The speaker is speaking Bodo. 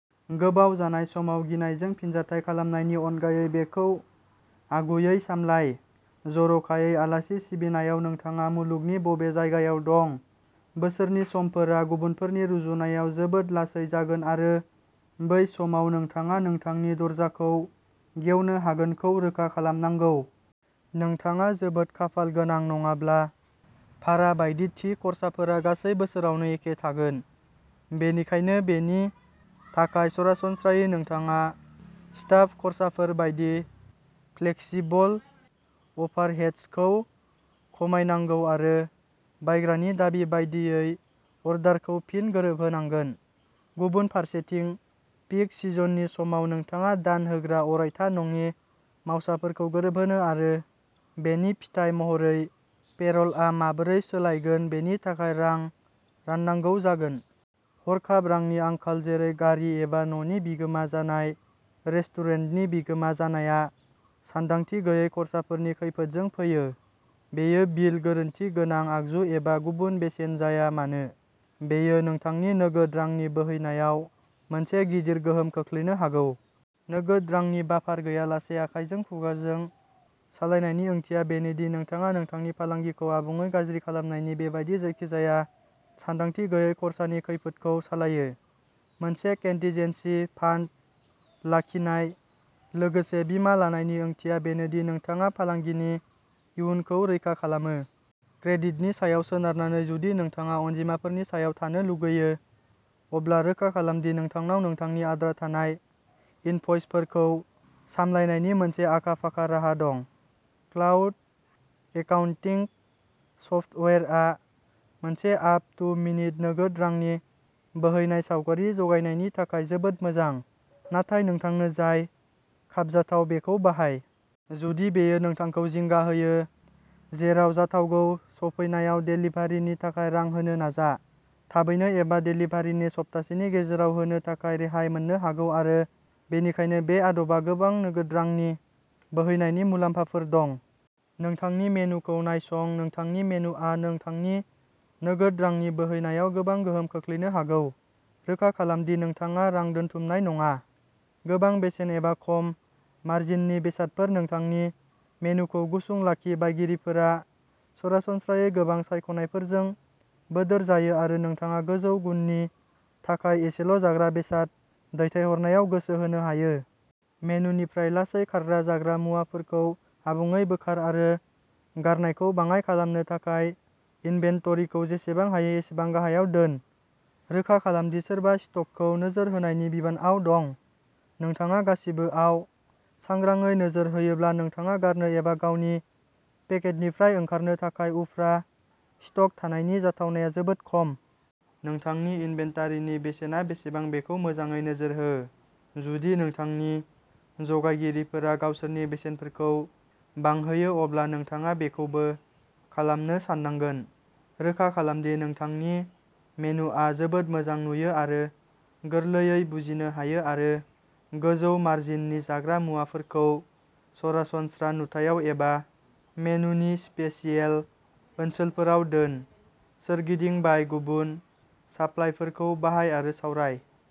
गोबाव जानाय समाव गिनायजों फिनजाथाय खालामनायनि अनगायै बेखौ आगुयै सामलाय। जर'खायै आलासि सिबिनायाव नोंथाङा मुलुगनि बबे जायगायाव दं, बोसोरनि समफोरा गुबुनफोरनि रुजुनायाव जोबोद लासै जागोन आरो बै समाव नोंथाङा नोंथांनि दरजाखौ गेवनो हागोनखौ रोखा खालामनांगौ। नोंथाङा जोबोद खाफाल गोनां नङाब्ला, भारा बायदि थि खर्साफोरा गासै बोसोरावनो एखे थागोन, बेनिखायनो बेनि थाखाय सरासनस्रायै नोंथाङा स्टाफ खर्साफोर बायदि फ्लेक्सिबल अभारहेड्सखौ खमायनांगौ आरो बायग्रानि दाबि बायदियै अर्डारखौ फिन गोरोबहोनांगोन। गुबुन फारसेथिं, पीक सिजननि समाव नोंथाङा दान होग्रा अरायथा नङि मावसाफोरखौ गोरोबहोनो आरो बेनि फिथाय महरै पेर'लआ माबोरै सोलायगोन बेनि थाखाय रां राननांगौ जागोन। हरखाब रांनि आंखाल जेरै गारि एबा न'नि बिगोमा जानाय, रेस्टुरेन्टनि बिगोमा जानाया सानदांथि गैयै खर्साफोरनि खैफोदजों फैयो। बेयो बिल, गोरोन्थि गोनां आगजु एबा गुबुन बेसेन जाया मानो, बेयो नोंथांनि नोगोद रांनि बोहैनायाव मोनसे गिदिर गोहोम खोख्लैनो हागौ। नोगोद रांनि बाफार गैयालासे आखायजों खुगाजों सालायनायनि ओंथिया बेनो दि नोंथाङा नोंथांनि फालांगिखौ आबुङै गाज्रि खालामनायनि बेबादि जायखिजाया सानदांथि गैयै खरसानि खैफोदखौ सालायो। मोनसे कन्टिजेन्सि फान्ड लाखिनाय, लोगोसे बीमा लानायनि ओंथिया बेनो दि नोंथाङा फालांगिनि इयुनखौ रैखा खालामो। क्रेडिटनि सायाव सोनारनानै जुदि नोंथाङा अनजिमाफोरनि सायाव थानो लुगैयो, अब्ला रोखा खालाम दि नोंथांनाव नोंथांनि आद्रा थानाय इनभ'इसफोरखौ सामलायनायनि मोनसे आखा-फाखा राहा दं। क्लाउड एकाउन्टिंग सफ्टवेयरआ मोनसे आप-टु-मिनिट नोगोद रांनि बोहैनाय सावगारि जगायनायनि थाखाय जोबोद मोजां, नाथाय नोंथांनो जाय खाबजाथाव बेखौ बाहाय। जुदि बेयो नोंथांखौ जिंगा होयो, जेराव जाथावगौ, सफैनायाव देलिभारिनि थाखाय रां होनो नाजा। थाबैनो एबा देलिभारिनि सप्तासेनि गेजेराव होनो थाखाय रेहाय मोननो हागौ आरो बेनिखायनो बे आदबा गोबां नोगोद रांनि बोहैनायनि मुलाम्फाफोर दं। नोंथांनि मेनुखौ नायसं-नोंथांनि मेनुआ नोंथांनि नोगोद रांनि बोहैनायाव गोबां गोहोम खोख्लैनो हागौ। रोखा खालाम दि नोंथाङा रां दोनथुमनाय नङा। गोबां बेसेन एबा खम मार्जिननि बेसादफोर नोंथांनि मेनुखौ गुसुं लाखि बायगिरिफोरा सरासनस्रायै गोबां सायख'नायफोरजों बोदोर जायो आरो नोंथाङा गोजौ गुननि थाखाय एसेल'जाग्रा बेसाद दैथायहरनायाव गोसो होनो हायो। मेनुनिफ्राय लासै खारग्रा जाग्रा मुवाफोरखौ आबुङै बोखार आरो गारनायखौ बाङाइ खालामनो थाखाय इन्वेन्टरिखौ जेसेबां हायो एसेबां गाहायाव दोन। रोखा खालाम दि सोरबा स्टकखौ नोजोर होनायनि बिबानआव दं। नोंथाङा गासिबोआव सांग्राङै नोजोर होयोब्ला नोंथाङा गारनो एबा गावनि पकेटनिफ्राय ओंखारनो थाखाय उफ्रा स्टक थानायनि जाथावनाया जोबोद खम। नोंथांनि इन्वेन्टारिनि बेसेना बेसेबां बेखौ मोजाङै नोजोर हो। जुदि नोंथांनि जगायगिरिफोरा गावसोरनि बेसेनफोरखौ बांहोयो अब्ला नोंथाङा बेखौबो खालामनो साननांगोन। रोखा खालाम दि नोंथांनि मेनुआ जोबोद मोजां नुयो आरो गोरलैयै बुजिनो हायो आरो गोजौ मार्जिननि जाग्रा मुवाफोरखौ सरासनस्रा नुथायाव एबा मेनुनि'स्पेशियेल' ओनसोलफोराव दोन। सोरगिदिं बाय गुबुन साप्लायरफोरखौ बाहाय आरो सावराय।